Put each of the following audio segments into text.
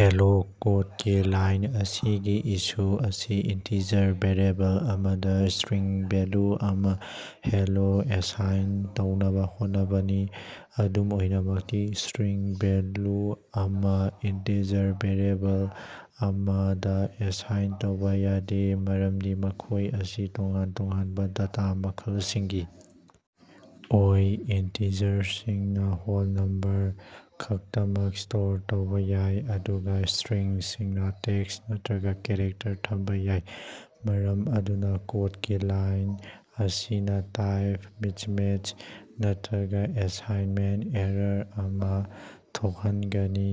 "Hello", ꯀꯣꯗꯀꯤ line ꯑꯁꯤꯒꯤ issue ꯑꯁꯤ ꯏꯟꯇꯤꯖꯔ ꯚꯦꯔꯤꯑꯦꯕꯜ ꯑꯃꯗꯥ ꯁ꯭ꯇꯔꯤꯡ ꯚꯦꯂꯨ ꯑꯃꯥ (ꯍꯦꯂꯣ) ꯑꯦꯁꯥꯏꯟ ꯇꯧꯅꯕꯥ ꯍꯣꯠꯅꯕꯅꯤ꯫ ꯑꯗꯨꯝ ꯑꯣꯏꯅꯃꯛ ꯁ꯭ꯇꯔꯤꯡ ꯚꯦꯂꯨ ꯑꯃꯥ ꯏꯟꯇꯤꯖꯔ ꯚꯦꯔꯤꯑꯦꯕꯜ ꯑꯃꯗꯥ ꯑꯦꯁꯥꯏꯟ ꯇꯧꯕꯥ ꯌꯥꯗꯦ ꯃꯔꯝꯗꯤ ꯃꯈꯣꯏ ꯑꯁꯤ ꯇꯣꯉꯥꯟ-ꯇꯣꯉꯥꯟꯕꯥ ꯗꯦꯇꯥ ꯃꯈꯜꯁꯤꯡꯒꯤ ꯑꯣꯏ꯫ ꯏꯟꯇꯤꯖꯔꯁꯤꯡꯅꯥ ꯍꯣꯜ ꯅꯝꯕꯔ ꯈꯛꯇꯃꯛ ꯁ꯭ꯇꯣꯔ ꯇꯧꯕꯥ ꯌꯥꯏ, ꯑꯗꯨꯒꯥ ꯁꯇ꯭ꯔꯤꯡꯁꯤꯡꯅꯥ ꯇꯦꯛꯁ ꯅꯠꯇ꯭ꯔꯒ ꯀꯦꯔꯦꯛꯇꯔꯁꯤꯡ ꯊꯝꯕꯥ ꯌꯥꯏ꯫ ꯃꯔꯝ ꯑꯗꯨꯅꯥ ꯀꯣꯗꯀꯤ ꯂꯥꯏꯟ ꯑꯁꯤꯅꯥ ꯇꯥꯏꯞ ꯃꯤꯁꯇꯦꯠ ꯅꯠꯇ꯭ꯔꯒꯥ ꯑꯦꯁꯥꯏꯟꯃꯦꯟꯇ ꯑꯦꯔꯥꯔ ꯑꯃꯥ ꯊꯣꯛꯍꯟꯒꯅꯤ꯫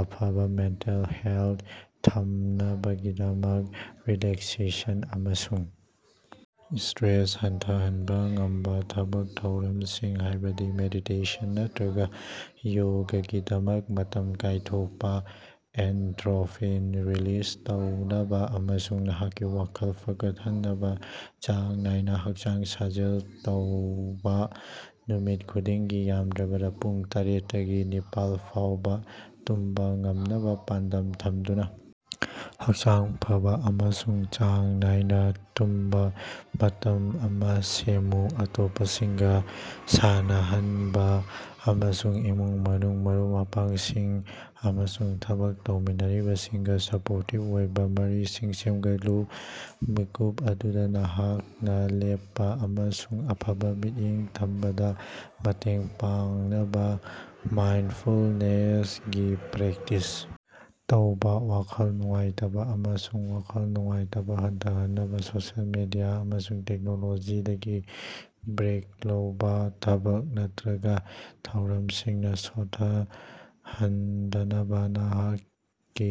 ꯑꯐꯕꯥ ꯃꯦꯟꯇꯦꯜ ꯍꯦꯜꯇ ꯊꯝꯅꯕꯒꯤꯗꯃꯛ, ꯔꯤꯂꯦꯛꯁꯦꯁꯟ ꯑꯃꯁꯨꯡ ꯁꯇ꯭ꯔꯦꯁ ꯍꯟꯊꯍꯟꯕꯥ ꯉꯝꯕꯥ ꯊꯕꯛ ꯊꯧꯔꯝꯁꯤꯡ, ꯍꯥꯏꯕꯗꯤ ꯃꯦꯗꯤꯇꯦꯁꯟ ꯅꯠꯇ꯭ꯔꯒꯥ ꯌꯣꯒꯥꯒꯤꯗꯃꯛ ꯃꯇꯝ ꯀꯥꯏꯊꯣꯛꯄꯥ꯫ ꯑꯦꯟꯗꯣꯔꯐꯤꯟ ꯔꯤꯂꯤꯁ ꯇꯧꯅꯕꯥ ꯑꯃꯁꯨꯡ ꯅꯍꯥꯛꯀꯤ ꯋꯥꯈꯜ ꯐꯒꯠꯍꯟꯅꯕꯥ ꯆꯥꯡ ꯅꯥꯏꯅꯥ ꯍꯛꯆꯥꯡ ꯁꯥꯖꯦꯜ ꯇꯧꯕꯥ꯫ ꯅꯨꯃꯤꯠ ꯈꯨꯗꯤꯡꯒꯤ ꯌꯥꯝꯗ꯭ꯔꯕꯗꯥ ꯄꯨꯡ ꯇꯔꯦꯠꯇꯒꯤ ꯅꯤꯄꯥꯟꯐꯥꯎꯕ ꯇꯨꯝꯕꯥ ꯉꯝꯅꯕꯥ ꯄꯥꯟꯗꯝ ꯊꯝꯗꯨꯅꯥ ꯍꯛꯆꯥꯡ ꯐꯕꯥ ꯑꯃꯁꯨꯡ ꯆꯥꯡ ꯅꯥꯏꯅꯥ ꯇꯨꯝꯕꯥ ꯃꯇꯝ ꯑꯃꯥ ꯁꯦꯝꯃꯨ꯫ ꯑꯇꯣꯞꯄꯁꯤꯡꯒꯥ ꯁꯝꯅꯍꯟꯕꯥ ꯑꯃꯁꯨꯡ ꯏꯃꯨꯡ-ꯃꯅꯨꯡ, ꯃꯔꯨꯞ-ꯃꯄꯥꯡꯁꯤꯡ ꯑꯃꯁꯨꯡ ꯊꯕꯛ ꯇꯧꯃꯤꯟꯅꯔꯤꯕꯁꯤꯡꯒꯥ ꯁꯄꯣꯔꯇꯤꯞ ꯑꯣꯏꯕꯥ ꯃꯔꯤꯁꯤꯡ ꯁꯦꯝꯒꯠꯂꯨ꯫ ꯃꯤꯀꯨꯞ ꯑꯗꯨꯗꯥ ꯅꯍꯥꯛꯅꯥ ꯂꯦꯞꯄꯥ ꯑꯃꯁꯨꯡ ꯑꯐꯕ ꯃꯤꯠꯌꯦꯡ ꯊꯝꯕꯗꯥ ꯃꯇꯦꯡ ꯄꯥꯡꯅꯕꯥ ꯃꯥꯏꯟꯐꯨꯜꯅꯦꯏꯒꯤ ꯄ꯭ꯔꯦꯛꯇꯤꯁ ꯇꯧꯕꯥ꯫ ꯋꯥꯈꯜ ꯅꯨꯡꯉꯥꯏꯇꯕꯥ ꯑꯃꯁꯨꯡ ꯋꯥꯈꯜ ꯅꯨꯡꯉꯥꯏꯇꯕꯥ ꯍꯟꯊꯍꯟꯅꯕꯥ ꯁꯣꯁꯤꯑꯦꯜ ꯃꯤꯗꯤꯌꯥ ꯑꯃꯁꯨꯡ ꯇꯦꯛꯅꯣꯂꯣꯖꯤꯗꯒꯤ ꯕ꯭ꯔꯦꯛ ꯂꯧꯕꯥ꯫ ꯊꯕꯛ ꯅꯠꯇ꯭ꯔꯒꯥ ꯊꯧꯗꯥꯡꯁꯤꯡꯅꯥ ꯁꯣꯛꯍꯟꯗꯅꯕꯥ ꯅꯍꯥꯛꯀꯤ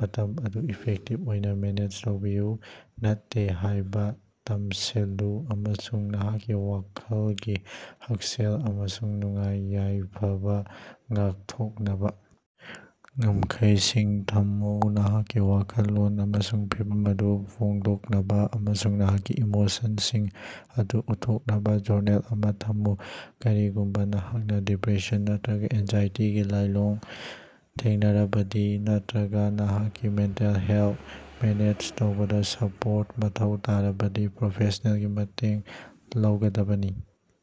ꯃꯇꯝ ꯑꯗꯨ ꯏꯐꯦꯛꯇꯤꯞ ꯑꯣꯏꯅꯥ ꯃꯦꯅꯦꯖ ꯇꯧꯕꯤꯌꯨ꯫ "ꯅꯠꯇꯦ"ꯍꯥꯏꯕꯥ ꯇꯝꯁꯤꯜꯂꯨ ꯑꯃꯁꯨꯡ ꯅꯍꯥꯛꯀꯤ ꯋꯥꯈꯜꯒꯤ ꯍꯛꯁꯦꯜ ꯑꯃꯁꯨꯡ ꯅꯨꯡꯉꯥꯏ-ꯌꯥꯏꯐꯕꯥ ꯉꯥꯛꯊꯣꯛꯅꯕꯥ ꯉꯝꯈꯩꯁꯤꯡ ꯊꯝꯃꯨ꯫ ꯅꯍꯥꯛꯀꯤ ꯋꯥꯈꯜꯂꯣꯟ ꯑꯃꯁꯨꯡ ꯐꯤꯚꯝ ꯑꯗꯨ ꯐꯣꯡꯗꯣꯛꯅꯕꯥ ꯑꯃꯁꯨꯡ ꯅꯍꯥꯛꯀꯤ ꯏꯃꯣꯁꯟꯁꯤꯡ ꯑꯗꯨ ꯎꯠꯊꯣꯛꯅꯕ ꯖꯔꯅꯦꯜ ꯑꯃꯥ ꯊꯝꯃꯨ꯫ ꯀꯔꯤꯒꯨꯝꯕꯥ ꯅꯍꯥꯛꯅꯥ ꯗꯤꯄ꯭ꯔꯦꯁꯟ ꯅꯠꯇ꯭ꯔꯒꯥ ꯑꯦꯟꯖꯥꯏꯇꯤꯒꯤ ꯂꯥꯏꯑꯣꯡꯁꯤꯡ ꯊꯦꯡꯅꯔꯕꯗꯤ, ꯅꯠꯇ꯭ꯔꯒꯥ ꯅꯍꯥꯛꯀꯤ ꯃꯦꯟꯇꯦꯜ ꯍꯦꯜꯗ ꯃꯦꯅꯦꯖ ꯇꯧꯕꯗꯥ ꯁꯄꯣꯔꯠ ꯃꯊꯧ ꯇꯥꯔꯕꯗꯤ ꯄ꯭ꯔꯣꯐꯦꯁꯅꯦꯜꯒꯤ ꯃꯇꯦꯡ ꯂꯧꯒꯗꯕꯅꯤ꯫